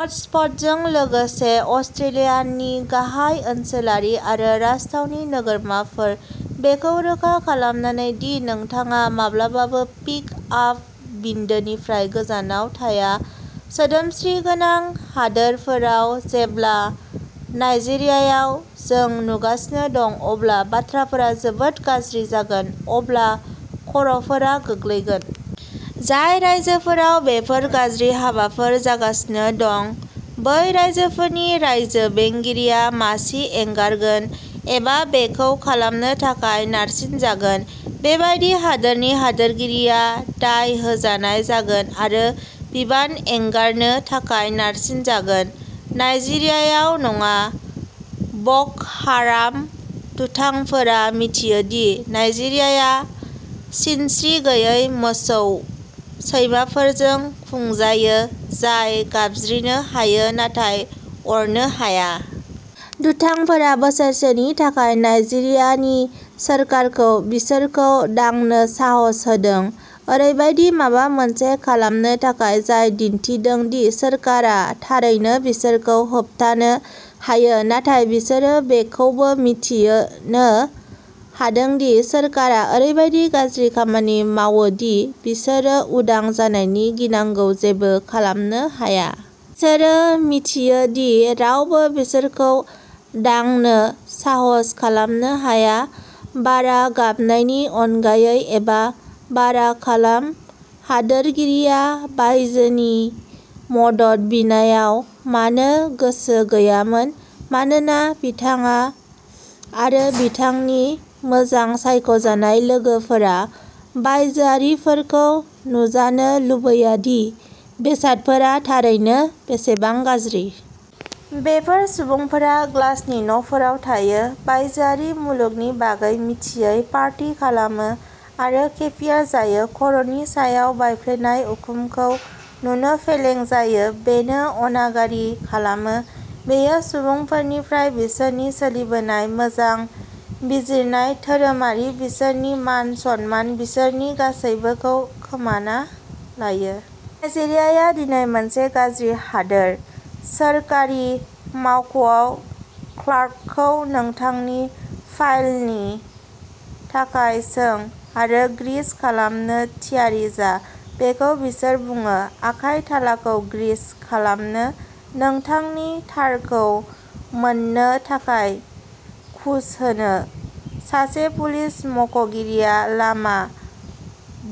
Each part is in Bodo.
हटस्पटजों लोगोसे अस्ट्रेलियानि गाहाय ओनसोलारि आरो राजथावनि नोगोरमाफोर, बेखौ रोखा खालामनानै दि नोंथाङा माब्लाबाबो पिक आप बिन्दोनिफ्राय गोजानाव थाया। सोदोमस्रि गोनां हादोरफोराव, जेब्ला नाइजेरियायाव जों नुगासिनो दं, अब्ला बाथ्राफोरा जोबोद गाज्रि जागोन, अब्ला खर'फोरा गोग्लैगोन। जाय रायजोफोराव बेफोर गाज्रि हाबाफोर जागासिनो दं, बै रायजोफोरनि रायजो बेंगिरिया मासि एंगारगोन, एबा बेखौ खालामनो थाखाय नारसिनजागोन। बेबादि हादोरनि हादोरगिरिया दाय होजानाय जागोन आरो बिबान एंगारनो थाखाय नारसिनजागोन। नाइजेरियायाव नङा। ब'क'हाराम दुथांफोरा मिथियो दि नाइजेरियाया सिनस्रि गैयै मोसौ सैमाफोरजों खुंजायो, जाय गाबज्रिनो हायो, नाथाय अरनो हाया। दुथांफोरा बोसोरसेनि थाखाय नाइजेरियानि सोरखारखौ बिसोरखौ दांनो साहस होदों, ओरैबायदि माबा मोनसे खालामनो थाखाय जाय दिन्थिदों दि सोरखारा थारैनो बिसोरखौ होबथानो हायो, नाथाय बिसोरो बेखौबो मिन्थिनो हादों दि सोरखारा ओरैबादि गाज्रि खामानि मावो दि बिसोरो उदां जानायनि गिनांगौआव जेबो खालामनो हाया। बिसोरो मिथियो दि रावबो बिसोरखौ दांनो साहस खालामनो हाया। बारा गाबनायनि अनगायै एबा बारा खालाम। हादोरगिरिया बायजोनि मदद बिनायाव मानो गोसो गैयामोन मानोना बिथाङा आरो बिथांनि मोजां सायख'जानाय लोगोफोरा बायजोआरिफोरखौ नुजानो लुबैया दि बेसादफोरा थारैनो बेसेबां गाज्रि। बेफोर सुबुंफोरा ग्लासनि न'फोराव थायो, बायजोआरि मुलुगनि बागै मिथियै, पार्टि खालामो आरो केभियार जायो। खर'नि सायाव बायफ्लेनाय उखुमखौ नुनो फेलें जायो। बेनो अनागारि खालामो। बेयो सुबुंफोरनिफ्राय बिसोरनि सोलिबोनाय, मोजां बिजिरनाय, धोरोमारि, बिसोरनि मान-सन्मान, बिसोरनि गासैबोखौ खोमाना लायो। नाइजेरिया दिनै मोनसे गाज्रि हादोर। सोरखारि मावख'आव क्लार्कखौ नोंथांनि फाइलनि थाखाय सों, आरो ग्रीस खालामनो थियारि जा, बेखौ बिसोर बुङो, आखाइ थालाखौ ग्रीस खालामनो, नोंथांनि थारखौ मोननो थाखाय घुस होनो। सासे पुलिस मावख'गिरिया लामा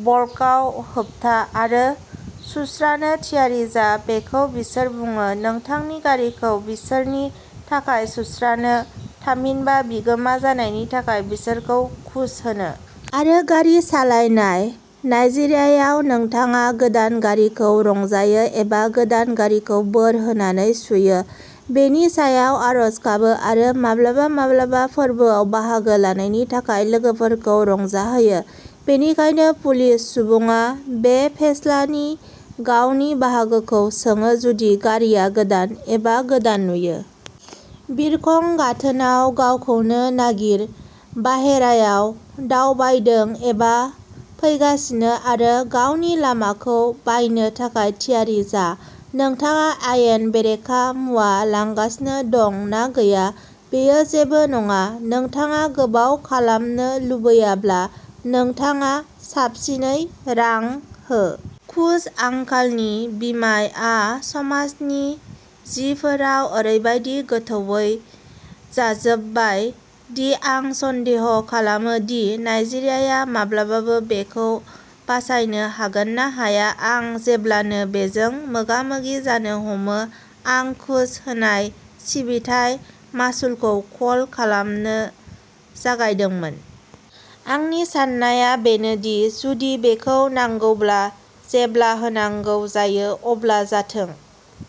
ब्लकआव होबथा, आरो सुस्रानो थियारि जा, बेखौ बिसोर बुङो, नोंथांनि गारिखौ बिसोरनि थाखाय सुस्रानो, थामहिनबा बिगोमा जानायनि थाखाय बिसोरखौ घुस होनो। आरो गारि सालायनाय। नाइजेरियायाव, नोंथाङा गोदान गारिखौ रंजायो, एबा गोदान गारिखौ बोर होनानै सुयो, बेनि सायाव आरज गाबो, आरो माब्लाबा-माब्लाबा फोरबोआव बाहागो लानायनि थाखाय लोगोफोरखौ रंजाहोयो। बेनिखायनो पुलिस सुबुङा बे फेस्लानि गावनि बाहागोखौ सोङो जुदि गारिआ गोदान, एबा गोदान नुयो। बिरखं गाथोनाव गावखौनो नागिर, बाहेरायाव दावबायदों एबा फैगासिनो, आरो गावनि लामाखौ बायनो थाखाय थियारि जा। नोंथाङा आयेन बेरेखा मुवा लांगासिनो दं ना गैया, बेयो जेबो नङा। नोंथाङा गोबाव खालामनो लुबैयाब्ला, नोंथाङा साबसिनै रां हो। घुस, आंखालनि बिमाआ समाजनि जिफोराव ओरैबादि गोथौवै जाजोबबाय दि आं सन्देह खालामो दि नाइजेरियाया माब्लाबाबो बेखौ बासायनो हागोन ना हाया। आं जेब्लानो बेजों मोगा-मोगि जानो हमो, आं घुस होनाय सिबिथाय मासुलखौ कल खालामनो जागायदोंमोन। आंनि साननाया बेनो दि जुदि बेखौ नांगौब्ला, जेब्ला होनांगौ जायो, अब्ला जाथों।